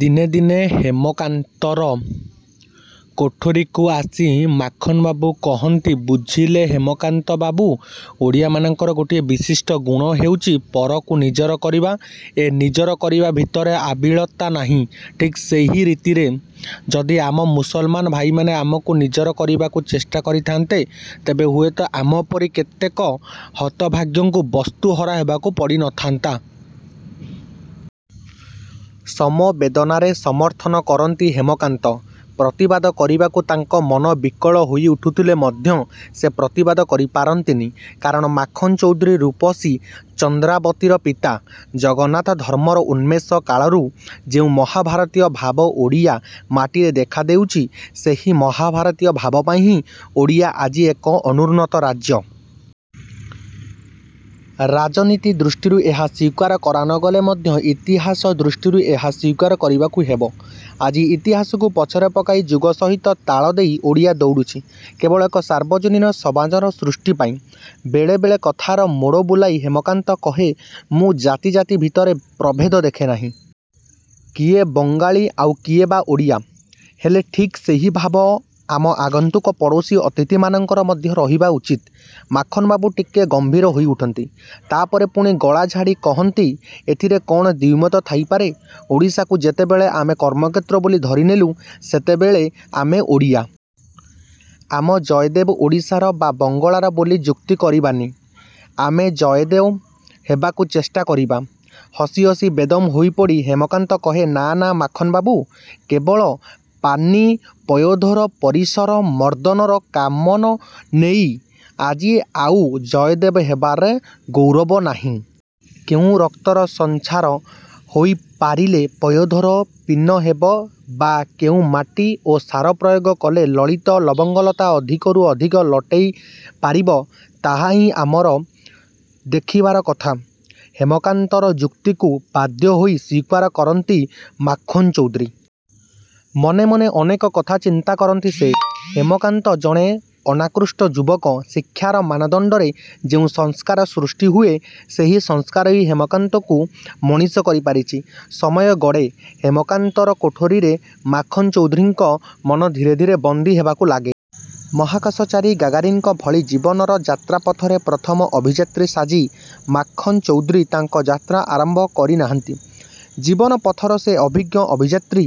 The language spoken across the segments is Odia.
ଦିନେ ଦିନେ ହେମକାନ୍ତର କୋଠରୀକୁ ଆସି ମାଖନ୍ବାବୁ କହନ୍ତି ''ବୁଝିଲେ ହେମକାନ୍ତ ବାବୁ! ଓଡ଼ିଆମାନଙ୍କର ଗୋଟିଏ ବିଶିଷ୍ଟ ଗୁଣ ହେଉଛି ପରକୁ ନିଜର କରିବା। ଏ ନିଜର କରିବା ଭିତରେ ଆବିଳତା ନାହିଁ। ଠିକ୍ ସେହି ରୀତିରେ ଯଦି ଆମ ମୁସଲମାନ ଭାଇମାନେ ଆମକୁ ନିଜର କରିବାକୁ ଚେଷ୍ଟା କରିଥାଆନ୍ତେ ,ତେବେ ହୁଏତ ଆମ ପରି କେତେକ ହତଭାଗ୍ୟଙ୍କୁ ବାସ୍ତୁହରା ହେବାକୁ ପଡ଼ି ନ ଥାନ୍ତା। '' ସମବେଦନାରେ ସମର୍ଥନ କରନ୍ତି ହେମକାନ୍ତ। ପ୍ରତିବାଦ କରିବାକୁ ତାଙ୍କ ମନ ବିକଳ ହୋଇ ଉଠୁଥିଲେ ମଧ୍ୟ ସେ ପ୍ରତିବାଦ କରି ପାରନ୍ତିନି। କାରଣ, ମାଖନ୍ ଚୌଧୁରୀ ରୂପସୀ ଚନ୍ଦ୍ରାବତୀର ପିତା। ଜଗନ୍ନାଥ ଧର୍ମର ଉନ୍ମେଷ କାଳରୁ ଯେଉଁ ମହାଭାରତୀୟ ଭାବ ଓଡ଼ିଆ ମାଟିରେ ଦେଖାଦେଇଛି, ସେହି ମହାଭାରତୀୟ ଭାବପାଇଁ ହିଁ ଓଡ଼ିଶା ଆଜି ଏକ ଅନୁନ୍ନତ ରାଜ୍ୟ। ରାଜନୀତି ଦୃଷ୍ଟିରୁ ଏହା ସ୍ୱୀକାର କରା ନ ଗଲେ ମଧ୍ୟ ଇତିହାସ ଦୃଷ୍ଟିରୁ ଏହା ସ୍ୱୀକାର କରିବାକୁ ହେବ। ଆଜି ଇତିହାସକୁ ପଛରେ ପକାଇ ଯୁଗ ସହିତ ତାଳ ଦେଇ ଓଡ଼ିଆ ଦୌଡ଼ଛି, କେବଳ ଏକ ସାର୍ବଜନୀନ ସମାଜର ସୃଷ୍ଟି ପାଇଁ। ବେଳେ ବେଳେ କଥାର ମୋଡ଼ ବୁଲାଇ ହେମକାନ୍ତ କହେ''ମୁଁ ଜାତି ଜାତି ଭିତରେ ପ୍ରଭେଦ ଦେଖେ ନାହିଁ। କିଏ ବଙ୍ଗାଳୀ ଆଉ କିଏ ବା ଓଡ଼ିଆ? ହେଲେ ଠିକ୍ ସେହି ଭାବ ଆମ ଆଗନ୍ତୁକ ପଡ଼ୋଶୀ ଅତିଥିମାନଙ୍କର ମଧ୍ୟ ରହିବା ଉଚିତ। '' ମାଖନ୍ବାବୁ ଟିକେ ଗମ୍ଭୀର ହୋଇଉଠନ୍ତି। ତା'ପରେ ପୁଣି ଗଳା ଝାଡ଼ି କହନ୍ତି ''ଏଥିରେ କ'ଣ ଦ୍ୱିମତ ଥାଇପାରେ? ଓଡ଼ିଶାକୁ ଯେତେବେଳେ ଆମେ କର୍ମକ୍ଷେତ୍ର ବୋଲି ଧରିନେଲୁ, ସେତେବେଳେ ଆମେ ଓଡ଼ିଆ। ଆମ ଜୟଦେବ ଓଡ଼ିଶାର ବା ବଙ୍ଗଳାର ବୋଲି ଯୁକ୍ତି କରିବାନି, ଆମେ ଜୟଦେବ ହେବାକୁ ଚେଷ୍ଟା କରିବା। '' ହସି ହସି ବେଦମ୍ ହୋଇପଡ଼ି ହେମକାନ୍ତ କହେ ''ନାଁ ନାଁ ମାଖନ ବାବୁ। କେବଳ ପୀନ ପୟୋଧର ପରିସର ମର୍ଦନର କାମନ ନେଇ ଆଜି ଆଉ ଜୟଦେବ ହେବାରେ ଗୌରବ ନାହିଁ। କେଉଁ ରକ୍ତର ସଞ୍ଚାର ହୋଇ ପାରିଲେ ପୟୋଧର ପୀନ ହେବ ବା କେଉଁ ମାଟି ଓ ସାର ପ୍ରୟୋଗ କଲେ ଲଳିତ ଲବଙ୍ଗଲତା ଅଧିକରୁ ଅଧିକ ଲଟେଇ ପାରିବ, ତାହା ହିଁ ଆମର ଦେଖିବାର କଥା। '' ହେମକାନ୍ତର ଯୁକ୍ତିକୁ ବାଧ୍ୟ ହୋଇ ସ୍ୱୀକାର କରନ୍ତି ମାଖନ୍ଚୌଧୁରୀ। ମନେ ମନେ ଅନେକ କଥା ଚିନ୍ତା କରନ୍ତି ସେ। ହେମକାନ୍ତ ଜଣେ ଅନାକୃଷ୍ଟ ଯୁବକ। ଶିକ୍ଷାର ମାନଦଣ୍ଡରେ ଯେଉଁ ସଂସ୍କାର ସୃଷ୍ଟି ହୁଏ, ସେହି ସଂସ୍କାର ହିଁ ହେମକାନ୍ତକୁ ମଣିଷ କରି ପାରିଛି। ସମୟ ଗଡ଼େ। ହେମକାନ୍ତର କୋଠରୀରେ ମାଖନ୍ ଚୌଧୁରୀଙ୍କ ମନ ଧୀରେ ଧୀରେ ବନ୍ଦୀ ହେବାକୁ ଲାଗେ। ମହାକାଶଚାରୀ ଗାଗାରିନ୍ଙ୍କ ଭଳି ଜୀବନର ଯାତ୍ରାପଥରେ ପ୍ରଥମ ଅଭିଯାତ୍ରୀ ସାଜି, ମାଖନ୍ଚୌଧୁରୀ ତାଙ୍କ ଯାତ୍ରା ଆରମ୍ଭ କରି ନାହାଁନ୍ତି। ଜୀବନ ପଥର ସେ ଅଭିଜ୍ଞ ଅଭିଯାତ୍ରୀ।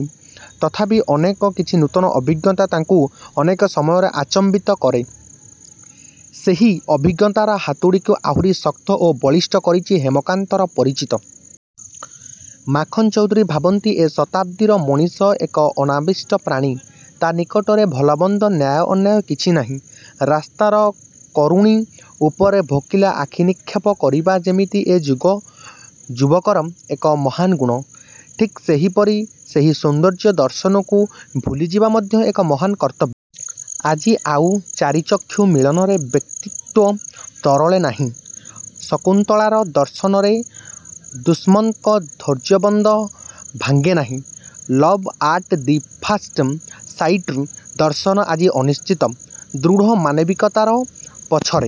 ତଥାପି ଅନେକ କିଛି ନୂତନ ଅଭିଜ୍ଞତା ତାଙ୍କୁ ଅନେକ ସମୟରେ ଆଚମ୍ବିତ କରେ। ସେହି ଅଭିଜ୍ଞତାର ହାତୁଡ଼ିକୁ ଆହୁରି ଶକ୍ତ ଓ ବଳିଷ୍ଠ କରିଛି ହେମକାନ୍ତର ପରିଚିତି। ମାଖନ୍ ଚୌଧୁରୀ ଭାବନ୍ତି, ଏ ଶତାବ୍ଦୀର ମଣିଷ ଏକ ଅନାବିଷ୍ଟ ପ୍ରାଣୀ। ତା' ନିକଟରେ ଭଲ ମନ୍ଦ ନ୍ୟାୟ ଅନ୍ୟାୟ କିଛି ନାହିଁ। ରାସ୍ତାର କରୁଣୀ ଉପରେ ଭୋକିଲା ଆଖି ନିକ୍ଷେପ କରିବା ଯେମିତି ଏ ଯୁଗ ଯୁବକର ଏକ ମହାନଗୁଣ, ଠିକ୍ ସେହିପରି ସେହି ସୌନ୍ଦର୍ଯ୍ୟ ଦର୍ଶନକୁ ଭୁଲିଯିବା ମଧ୍ୟ ଏକ ମହାନ କର୍ତ୍ତବ୍ୟ। ଆଜି ଆଉ ଚାରିଚକ୍ଷୁ ମିଳନରେ ବ୍ୟକ୍ତିତ୍ୱ ତରଳେ ନାହିଁ। ଶକୁନ୍ତଳାର ଦର୍ଶନରେ ଦୁଷ୍ମନ୍ତଙ୍କ ଧୈର୍ଯ୍ୟବନ୍ଧ ଭାଙ୍ଗେ ନାହିଁ। ଲଭ୍ ଆଟ୍ ଦି ଫାଷ୍ଟ୍ ସାଇଟ୍ର ଦର୍ଶନ ଆଜି ଅନିଶ୍ଚିତ। ଦୃଢ଼ ମାନବିକତାର ପଛରେ।